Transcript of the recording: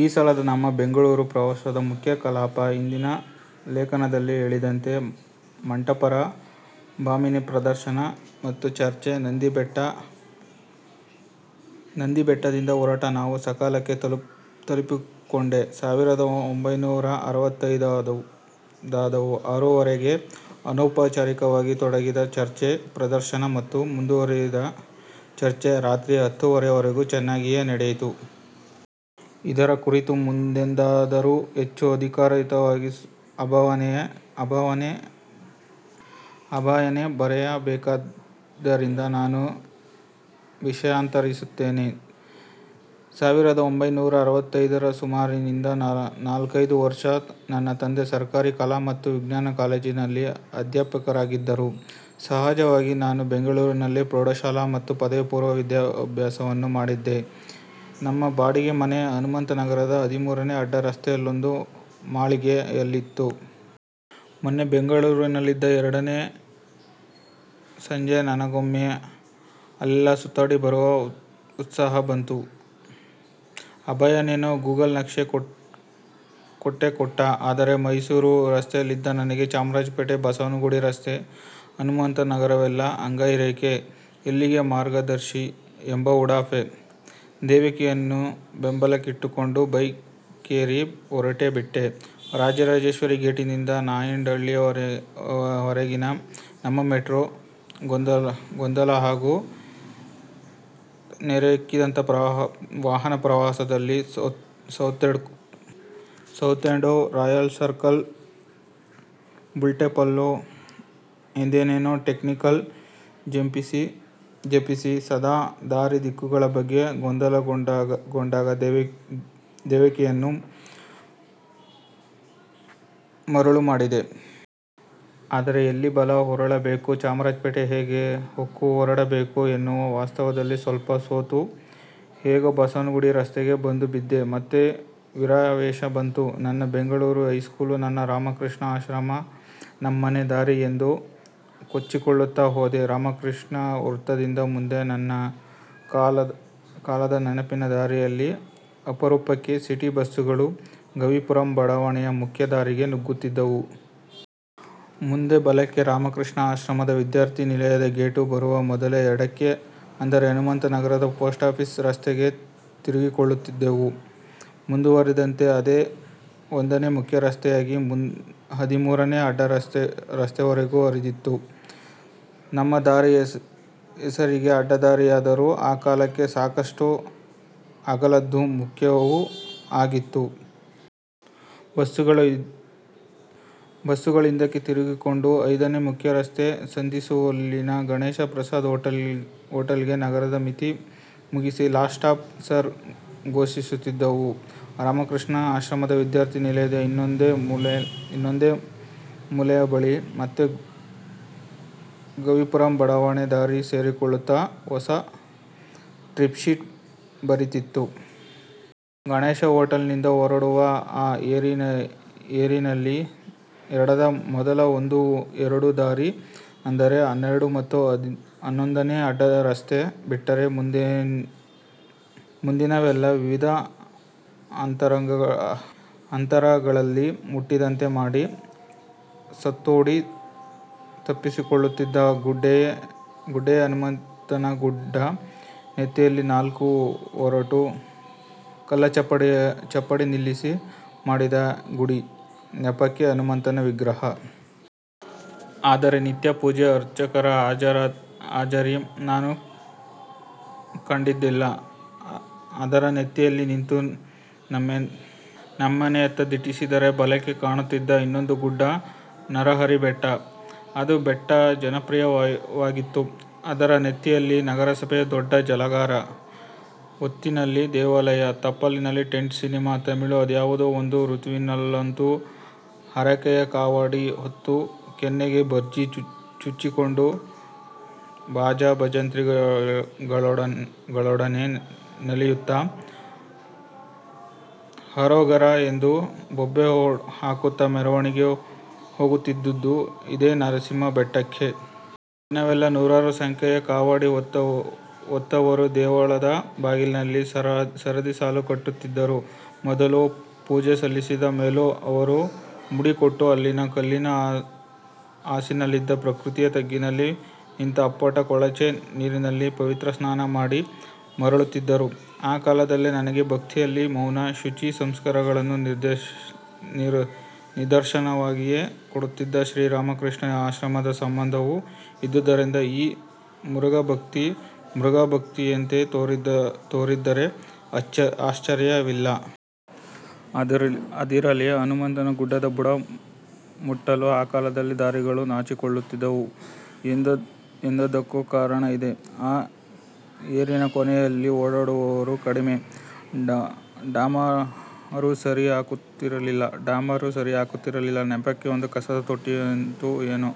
ಈ ಸಲದ ನಮ್ಮ ಬೆಂಗಳೂರು ಪ್ರವಾಸದ ಮುಖ್ಯ ಕಲಾಪ ಹಿಂದಿನ ಲೇಖನದಲ್ಲಿ ಹೇಳಿದಂತೆ ಮಂಟಪರ 'ಭಾಮಿನಿ' ಪ್ರದರ್ಶನ ಮತ್ತು ಚರ್ಚೆ. ನಂದಿ ಬೆಟ್ಟದಿಂದ ಹೊರಟ ನಾವು ಸಕಾಲಕ್ಕೆ ತಲಪಿಕೊಂಡೆಸಾವಿರದ ಒಂಭೈನೂರ ಅರವತ್ತೈದವು. ಆರೂವರೆಗೇ ಅನೌಪಚಾರಿಕವಾಗಿ ತೊಡಗಿದ ಚರ್ಚೆ, ಪ್ರದರ್ಶನ ಮತ್ತು ಮುಂದುವರಿದ ಚರ್ಚೆ ರಾತ್ರಿ ಹತ್ತೂವರೆಯವರೆಗೂ ಚೆನ್ನಾಗಿಯೇ ನಡೆಯಿತು. ಇದರ ಕುರಿತು ಮುಂದೆಂದಾದರೂ ಹೆಚ್ಚು ಅಧಿಕಾರಯುತವಾಗಿ ಅಭಯನೇ ಬರೆಯಬೇಕಾದ್ದರಿಂದ ನಾನು ವಿಷಯಾಂತರಿಸುತ್ತೇನೆ. ಸಾವಿರದ ಒಂಭೈನೂರ ಅರವತ್ತೈದರ ಸುಮಾರಿನಿಂದ ನಾಲ್ಕೈದು ವರ್ಷ ನನ್ನ ತಂದೆ ಸರಕಾರೀ ಕಲಾ ಮತ್ತು ವಿಜ್ಞಾನ ಕಾಲೇಜಿನಲ್ಲಿ ಅಧ್ಯಾಪಕರಾಗಿದ್ದರು. ಸಹಜವಾಗಿ ನಾನು ಬೆಂಗಳೂರಿನಲ್ಲೇ ಪ್ರೌಢಶಾಲಾ ಮತ್ತು ಪದವಿಪೂರ್ವ ವಿದ್ಯಾಭ್ಯಾಸವನ್ನು ಮಾಡಿದ್ದೆ. ನಮ್ಮ ಬಾಡಿಗೆ ಮನೆ ಹನುಮಂತನಗರದ ಹದಿಮೂರನೇ ಅಡ್ಡ ರಸ್ತೆಯಲ್ಲೊಂದು ಮಾಳಿಗೆಯಲ್ಲಿತ್ತು. ಮೊನ್ನೆ ಬೆಂಗಳೂರಲ್ಲಿದ್ದ ಎರಡನೇ ಸಂಜೆ ನನಗೊಮ್ಮೆ ಅಲ್ಲೆಲ್ಲಾ ಸುತ್ತಿ ಬರುವ ಉತ್ಸಾಹ ಬಂತು. ಅಭಯನೇನೋ ಗೂಗಲ್ ನಕ್ಷೆ ಕೊಟ್ಟೇ ಕೊಟ್ಟ. ಆದರೆ ಮೈಸೂರು ರಸ್ತೆಯಲ್ಲಿದ್ದ ನನಗೆ, ಚಾಮರಾಜಪೇಟೆ, ಬಸವನಗುಡಿರಸ್ತೆ, ಹನುಮಂತನಗರವೆಲ್ಲ "ಅಂಗೈ ರೇಖೆ, ಎಲ್ಲಿಗೆ ಮಾರ್ಗದರ್ಶಿ" ಎಂಬ ಉಡಾಫೆ. ದೇವಕಿಯನ್ನು ಬೆಂಬಲಕ್ಕಿಟ್ಟುಕೊಂಡು ಬೈಕೇರಿ ಹೊರಟೇಬಿಟ್ಟೆ. ರಾಜರಾಜೇಶ್ವರಿ ಗೇಟಿನಿಂದ ನಾಯಂಡ ಹಳ್ಳಿವರೆಗಿನ 'ನಮ್ಮ ಮೆಟ್ರೋ' ಗೊಂದಲ ಹಾಗೂ ನೆರೆಯುಕ್ಕಿದಂಥ ವಾಹನಪ್ರವಾಹದಲ್ಲಿ 'ಸೌತೆಂಡೂ, ರಾಯನ್ಸರ್ಕಲ್ಲೂ, ಬುಲ್ಟೆಂಪಲ್ಲೂ' ಎಂದೇನೇನೋ 'ಟೆಕ್ನಿಕಲ್' ಜಪಿಸಿ, ಸದಾ ದಾರಿ, ದಿಕ್ಕುಗಳ ಬಗ್ಗೆ ಗೊಂದಲಗೂಡಾದ ದೇವಕಿಯನ್ನು ಮರುಳು ಮಾಡಿದೆ. ಆದರೆ ಎಲ್ಲಿ ಬಲ ಹೊರಳಬೇಕು, ಚಾಮರಾಜಪೇಟೆ ಹೇಗೆ ಹೊಕ್ಕುಹೊರಡಬೇಕು ಎನ್ನುವ ವಾಸ್ತವದಲ್ಲಿ ಸ್ವಲ್ಪ ಸೋತು, ಹೇಗೋ ಬಸವನಗುಡಿ ರಸ್ತೆಗೆ ಬಂದುಬಿದ್ದೆ. ಮತ್ತೆ ವೀರಾವೇಶ ಬಂತು. 'ನನ್ನ ಬೆಂಗಳೂರು ಹೈಸ್ಕೂಲು, ನನ್ನ ರಾಮಕೃಷ್ಣ ಆಶ್ರಮ, ನಮ್ಮನೆ ದಾರಿ' ಎಂದು ಕೊಚ್ಚಿಕೊಳ್ಳುತ್ತ ಹೋದೆ. ರಾಮಕೃಷ್ಣ ವೃತ್ತದಿಂದ ಮುಂದೆ, ನನ್ನ ಕಾಲದ ನೆನಪಿನ ದಾರಿಯಲ್ಲಿ, ಅಪರೂಪಕ್ಕೆ ಸಿಟಿ ಬಸ್ಸುಗಳು, ಗವೀಪುರಂ ಬಡಾವಣೆಯ ಮುಖ್ಯ ದಾರಿಗೆ ನುಗ್ಗುತ್ತಿದ್ದವು. ಮುಂದೆ ಬಲಕ್ಕೆ ರಾಮ ಕೃಷ್ಣ ಆಶ್ರಮದ ವಿದ್ಯಾರ್ಥಿ ನಿಲಯದ ಗೇಟು ಬರುವ ಮೊದಲೇ ಎಡಕ್ಕೆ ಅಂದರೆ ಹನುಮಂತನಗರದ ಪೊಸ್ಟಾಫೀಸ್ ರಸ್ತೆಗೆ ತಿರುಗಿಕೊಳ್ಳುತ್ತಿದ್ದುವು. ಮುಂದುವರಿದಂತೆ ಅದೇ ಒಂದನೇ ಮುಖ್ಯ ರಸ್ತೆಯಾಗಿ, ಹದಿಮೂರನೇ ಅಡ್ಡ ರಸ್ತೆವರೆಗೂ ಹರಿದಿತ್ತು. ನಮ್ಮ ದಾರಿ ಹೆಸರಿಗೆ ಅಡ್ಡದಾರಿಯಾದರೂ ಆ ಕಾಲಕ್ಕೆ ಸಾಕಷ್ಟು ಅಗಲದ್ದೂ ಮುಖ್ಯವೂ ಆಗಿತ್ತು. ಬಸ್ಸುಗಳು ಇದಕ್ಕೆ ತಿರುಗಿಕೊಂಡು, ಐದನೇ ಮುಖ್ಯ ರಸ್ತೆ ಸಂಧಿಸುವಲ್ಲಿನ ಗಣೇಶ ಪ್ರಸಾದ್ ಹೋಟೆಲ್ಗೆ ನಗರದ ಮಿತಿ ಮುಗಿಸಿ, 'ಲಾಸ್ಟ್ ಸ್ಟಾಪ್ ಸಾರ್' ಘೋಷಿಸುತ್ತಿದ್ದುವು. ರಾಮ ಕೃಷ್ಣ ಆಶ್ರಮದ ವಿದ್ಯಾರ್ಥಿ ನಿಲಯದ ಇನ್ನೊಂದೇ ಮೂಲೆಯ ಬಳಿ ಮತ್ತೆ ಗವೀಪುರಂ ಬಡಾವಣೇ ದಾರಿ ಸೇರಿಕೊಳ್ಳುತ್ತಾ ಹೊಸ 'ಟ್ರಿಪ್ ಶೀಟ್' ಬರೀತಿತ್ತು. ಗಣೇಶ ಹೋಟೆಲಿನಿಂದ ಹೊರಡುವ ಆ ಏರಿನಲ್ಲಿ ಎಡದ ಮೊದಲ ಒಂದೋ ಎರಡೋ ದಾರಿ, ಅಂದರೆ ಹನ್ನೆರಡು ಮತ್ತು ಹನ್ನೊಂದನೇ ಅಡ್ಡ ರಸ್ತೆ ಬಿಟ್ಟರೆ ಮುಂದಿನವೆಲ್ಲ ವಿವಿಧ ಅಂತರಗಳಲ್ಲಿ ಮುಟ್ಟಿದಂತೆ ಮಾಡಿ, ಸುತ್ತೋಡಿ ತಪ್ಪಿಸಿಕೊಳ್ಳುತ್ತಿದ್ದ ಗುಡ್ಡೆಯೇ ಹನುಮಂತನಗುಡ್ಡ ನೆತ್ತಿಯಲ್ಲಿ ನಾಲ್ಕು ಒರಟು ಕಲ್ಲ ಚಪ್ಪಡಿ ನಿಲ್ಲಿಸಿ ಮಾಡಿದ ಗುಡಿ, ನೆಪಕ್ಕೆ ಹನುಮನ ವಿಗ್ರಹ. ಆದರೆ ನಿತ್ಯ ಪೂಜೆ, ಅರ್ಚಕರ ಹಾಜರಿ ನಾನು ಕಂಡದ್ದಿಲ್ಲ. ಅದರ ನೆತ್ತಿಯಲ್ಲಿ ನಿಂತು ನಮ್ಮನೆಯತ್ತ ದಿಟ್ಟಿಸಿದರೆ ಬಲಕ್ಕೆ ಕಾಣುತ್ತಿದ್ದ ಇನ್ನೊಂದು ಗುಡ್ಡ ನರಹರಿಬೆಟ್ಟ. ಅದು ಹೆಚ್ಚು 'ಜನಪ್ರಿಯ'ವಾಗಿತ್ತು. ಅದರ ನೆತ್ತಿಯಲ್ಲಿ ನಗರಸಭೆಯ ದೊಡ್ಡ ಜಲಾಗಾರ, ಒತ್ತಿನಲ್ಲಿ ದೇವಾಲಯ, ತಪ್ಪಲಿನಲ್ಲಿ ಟೆಂಟ್ ಸಿನಿಮಾ. ತಮಿಳರು ಅದ್ಯಾವುದೋ ಒಂದು ಋತುವಿನಲ್ಲಂತೂ ಹರಕೆಯ ಕಾವಡಿ ಹೊತ್ತು, ಕೆನ್ನೆಗೆ ಭರ್ಚಿ ಚುಚ್ಚಿಕೊಂಡು, ಭಾಜಾ ಭಜಂತ್ರಿಗಳೊಡನೆ ನಲಿಯುತ್ತ, 'ಹರೋಗರ' ಎಂದು ಬೊಬ್ಬೆ ಹಾಕುತ್ತ ಮೆರವಣಿಗೆ ಹೋಗುತ್ತಿದ್ದುದು ಇದೇ ನರಸಿಂಹ ಬೆಟ್ಟಕ್ಕೆ. ದಿನವೆಲ್ಲಾ ನೂರಾರು ಸಂಖ್ಯೆಯ ಕಾವಡಿ ಹೊತ್ತವರು, ದೇವಳದ ಬಾಗಿಲಿನಲ್ಲಿ ಸರದಿ ಸಾಲು ಕಟ್ಟುತ್ತಿದ್ದರು. ಮೊದಲೋ ಪೂಜೆ ಸಲ್ಲಿಸಿದ ಮೇಲೋ ಅವರು ಮುಡಿ ಕೊಟ್ಟು, ಅಲ್ಲಿನ ಕಲ್ಲಿನ ಹಾಸಿನಲ್ಲಿದ್ದ ಪ್ರಾಕೃತಿಕ ತಗ್ಗಿನಲ್ಲಿ ನಿಂತ ಅಪ್ಪಟ ಕೊಳಚೆ ನೀರಿನಲ್ಲಿ 'ಪವಿತ್ರ ಸ್ನಾನ' ಮಾಡಿ ಮರಳುತ್ತಿದ್ದರು. ಆ ಕಾಲದಲ್ಲೇ ನನಗೆ ಭಕ್ತಿಯಲ್ಲಿ ಮೌನ, ಶುಚಿ, ಸಂಸ್ಕಾರಗಳನ್ನು ನಿದರ್ಶನವಾಗಿಯೇ ಕೊಡುತ್ತಿದ್ದ ಶ್ರೀ ರಾಮಕೃಷ್ಣ ಆಶ್ರಮದ ಸಂಬಂಧವೂ ಇದ್ದುದರಿಂದ ಈ ಮುರುಗ ಭಕ್ತಿ, ಮೃಗಭಕ್ತಿಯಂತೇ ತೋರಿದ್ದರೆ ಆಶ್ಚರ್ಯವಿಲ್ಲ. ಅದಿರಲಿ, ಹನುಮಂತನ ಗುಡ್ಡದ ಬುಡ ಮುಟ್ಟಲು ಆ ಕಾಲದಲ್ಲಿ ದಾರಿಗಳು ನಾಚಿಕೊಳ್ಳುತ್ತಿದ್ದುವು ಎಂದದ್ದಕ್ಕೂ ಕಾರಣ ಇದೆ. ಆ ಏರಿನ ಕೊನೆಯಲ್ಲಿ ಓಡಾಡುವವರೂ ಕಡಿಮೆ, ಡಾಮರೂ ಸರಿ ಹಾಕುತ್ತಿರಲಿಲ್ಲ. ನೆಪಕ್ಕೆ ಒಂದು ಕಸದ ತೊಟ್ಟಿಯಿತ್ತೋ ಏನೋ.